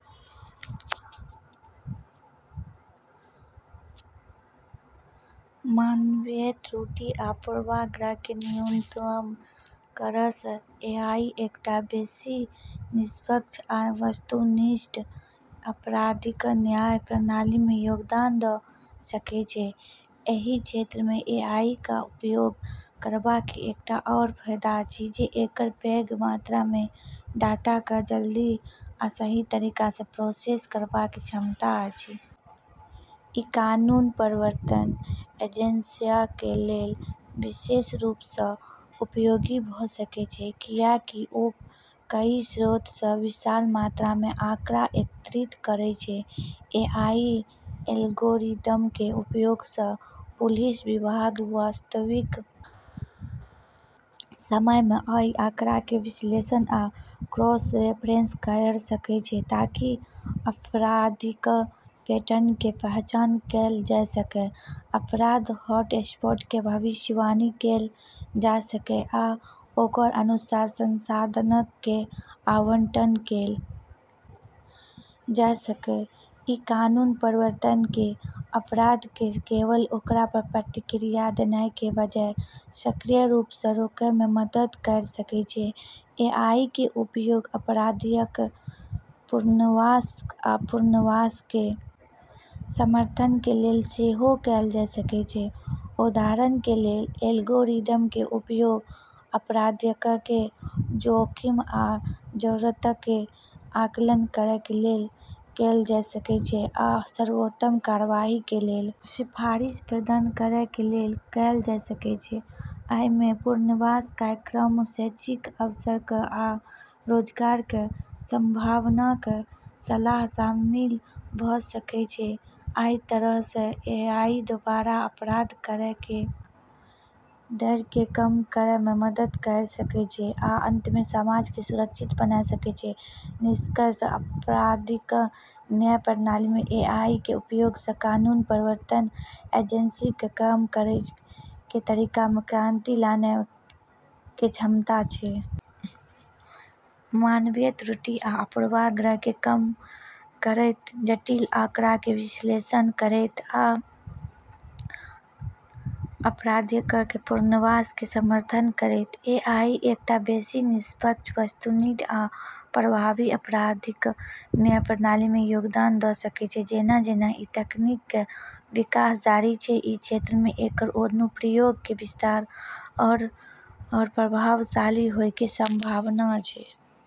मानवीय त्रुटि आ पूर्वाग्रह कें न्यूनतम करय सं एआई एकटा बेसि निष्पक्ष आ वस्तुनिष्ठ आपराधिक न्याय प्रणाली मे योगदान द सकय छै, एहि क्षेत्र मे एआई क उपयोग करबाक एकटा आओर फायदा अछि जे एकर पैघ मात्रा मे डाटा कए जल्दी आ सही तरीका स प्रोसेस करबाक क्षमता अछि। इ कानून प्रवर्तन एजेंसियॉ कें लेल विशेष रूप सं उपयोगी भ सकय छै, कियाकि ओ कई स्रोत सं विशाल मात्रा मे आंकड़ा एकत्रित करय छै. एआई एल्गोरिदम कें उपयोग सं पुलिस विभाग वास्तविक समय मे अइ आंकड़ा कें विश्लेषण आ क्रॉस-रेफरेंस कयर सकय छै ताकि आपराधिक पैटर्न कें पहचान कैल जा सकय, अपराध हॉटस्पॉट कें भविष्यवाणी कैल जा सकय आ ओकर अनुसार संसाधनक कें आवंटन कैल जा सकय, इ कानून प्रवर्तन कें अपराध कें केवल ओकरा पर प्रतिक्रिया देनाय कें बजाय सक्रिय रूप सं रोकय मे मदद कयर सकय छै, एआई कें उपयोग अपराधियक कें पुनर्वास आ पुनर्वास कें समर्थन कें लेल सेहो कैल जा सकय छै, उदाहरण कें लेल, एल्गोरिदम कें उपयोग अपराधियक कें जोखिम आ जरूरतक कें आकलन करय कें लेल कैल जा सकय छै आ सर्वोत्तम कार्यवाही कें लेल सिफारिश प्रदान करय कें लेल कैल जा सकय छै, अइ मे पुनर्वास कार्यक्रमक, शैक्षिक अवसरक आ रोजगार कें संभावनाक कें सलाह शामिल भ सकएय छै, अइ तरह सं एआई दोबारा अपराध करय कें दर कें कम करय मे मदद कयर सकय छै, आ अंत मे समाज कें सुरक्षित बना सकय छै, निष्कर्षतः आपराधिक न्याय प्रणाली मे एआई के उपयोग स॑ कानून प्रवर्तन एजेंसी केरऽ काम करै के तरीका मे क्रांति लानै के क्षमता छै। मानवीय त्रुटि आ पूर्वाग्रह कें कम करयत, जटिल आंकड़ाक कें विश्लेषण करयत आ अपराधियक कें पुनर्वास कें समर्थन करयत, एआई एकटा बेसि निष्पक्ष, वस्तुनिष्ठ आ प्रभावी आपराधिक न्याय प्रणाली मे योगदान द सकय छै जेना-जेना ई तकनीकऽ के विकास जारी छै, ई क्षेत्र मे एकरऽ अनुप्रयोग के विस्तार आरू आरू प्रभावशाली होय के संभावना छै।